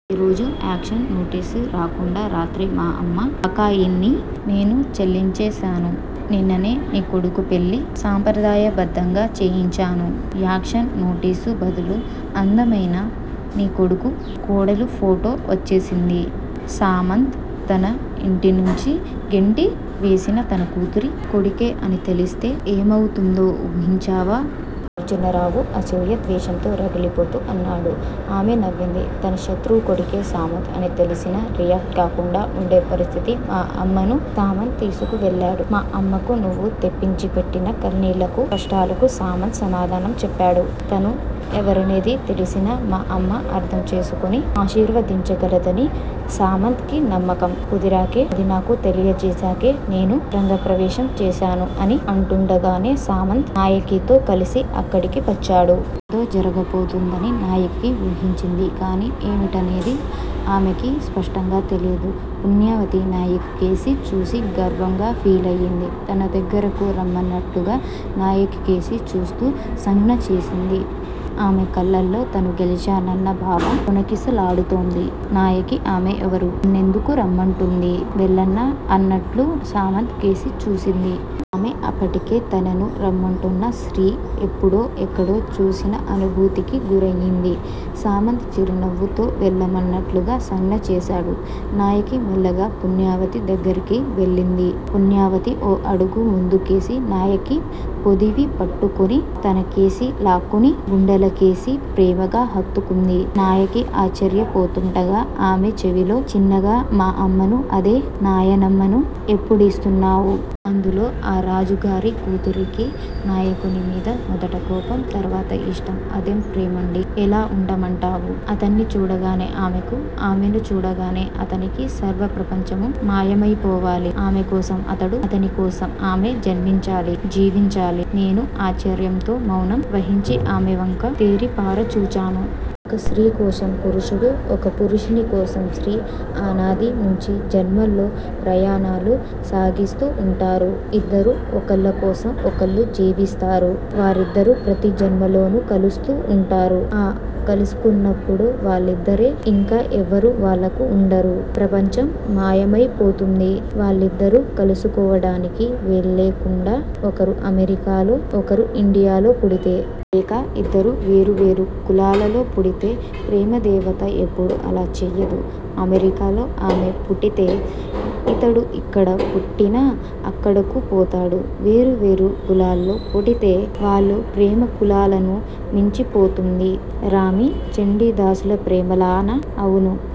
ఈరోజు action notice రాకుండా రాత్రే మా అమ్మ బకాయిల్ని నేను చెల్లించేసాను. నిన్ననే నీ కొడుకు పెళ్ళి సాంప్రదాయబద్ధంగా చేయించాను. ఆక్షన్ నోటీసు బదులు అందమైన నీకొడుకు, కోడలు ఫోటో వచ్చేసింది. సామంత్ తన ఇంటినుంచి గెంటి వేసిన తన కూతురి కొడుకే అని తెలిస్తే ఏమవుతుందో ఊహించావా? అర్జునరావు అసూయా ద్వేషంతో రగిలిపోతూ అన్నాడు. ఆమె నవ్వింది. తన శత్రువు కొడుకే సామంత్ అని తెలిసినా రియాక్ట్ కాకుండా వుండే స్థితికి మా అమ్మను సామంత్ తీసుకువెళ్ళాడు. మా అమ్మకు నువ్వు తెప్పించి పెట్టిన కన్నీళ్ళకు, కష్టాలకు సామంత్ సమాధానం చెప్పాడు. తను ఎవరనేది తెలిసినా మా అమ్మ అర్థం చేసుకుని ఆశీర్వదించగలదని సామంత్ కి నమ్మకం కుదిరాకే- అది నాకు తెలియజేసాకే నేను రంగప్రవేశం చేసాను అని అంటుండగానే సామంత్ నాయకితో కలిసి అక్కడికి వచ్చాడు. ఏదో జరగబోతోందని నాయకి ఊహించింది. కాని, ఏమిటనేది ఆమెకీ స్పష్టంగా తెలీలేదు. పుణ్యవతి నాయకికేసి చూసి గర్వంగా ఫీలయింది. తన దగ్గరకు రమ్మన్నట్లుగా నాయకికేసి చూస్తూ సంజ్ఞ చేసింది. ఆమె కళ్ళలో తను గెలిచానన్న భావం తొణికిసలాడుతోంది. నాయకి- ఆమె ఎవరు? నన్నెందుకు రమ్మంటోంది? వెళ్ళనా అన్నట్లు సామంత్ కేసి చూసింది. ఆమె అప్పటికే తనను రమ్మంటోన్న స్త్రీని ఎప్పుడో ఎక్కడో చూసిన అనుభూతికి గురయింది. సామంత్ చిరునవ్వుతో వెళ్ళమన్నట్లుగా సంజ్ఞ చేసాడు. నాయకి మెల్లగా పుణ్యవతి దగ్గరకు వెళ్ళింది. పుణ్యవతి ఓ అడుగు ముందుకేసి నాయకిని పొదివి పట్టుకొని తనకేసి లాక్కుని, గుండెలకేసి ప్రేమగా హత్తుకుంది. నాయకి ఆశ్చర్యపోతుండగా ఆమె చెవిలో చిన్నగా మా అమ్మను అదే నాయనమ్మను ఎప్పుడిస్తున్నావు? అందులో ఆ రాజుగారి కూతురుకి నాయకుని మీద మొదట కోపం, తర్వాత ఇష్టం! అదేం ప్రేమండీ? '' ''ఎలా ఉండమంటావు? '' ''అతన్ని చూడగానే ఆమెకు, ఆమెను చూడగానే అతనికి సర్వ ప్రపంచమూ మాయమైపోవాలి. ఆమెకోసం అతడూ, అతనికోసం ఆమె జన్మించాలి, జీవించాలి. '' నేను ఆశ్చర్యంతో మౌనం వహించి ఆమెవంక తేరిపార చూచాను. ''ఒక స్త్రీ కోసం పురుషుడూ, ఒక పురుషుని కోసం స్త్రీ అనాది నుంచీ జన్మల్లో ప్రయాణాలు సాగిస్తూ వుంటారు. ఇద్దరూ ఒకళ్ళకోసం ఒకళ్ళు జీవిస్తారు. వాళ్ళిద్దరూ ప్రతిజన్మలోనూ కలుస్తూ ఉంటారు. ఆ కలుసుకున్నప్పుడు వాళ్లిద్దరే. ఇంక ఎవ్వరూ వాళ్లకు వుండరు. ప్రపంచం మాయమైపోతుంది. ''వాళ్ళిద్దరూ కలుసుకోవడానికి వీల్లేకుండా ఒకరు అమెరికాలో, ఒకరు ఇండియాలో పుడితే? లేక ఇద్దరూ వేరు వేరు కులాలలో పుడితే? '' ''ప్రేమదేవత ఎప్పుడూ అలా చెయ్యదు. అమెరికాలో ఆమె పుట్టితే ఇతడు ఎక్కడ పుట్టినా అక్కడక్కు పోతాడు. వేరు వేరు కులాల్లో పుట్టితే, వాళ్ళ ప్రేమ కులాలను మించిపోతుంది! '' ''రామీ, చండీదాసుల ప్రేమలానా? '' ''అవును.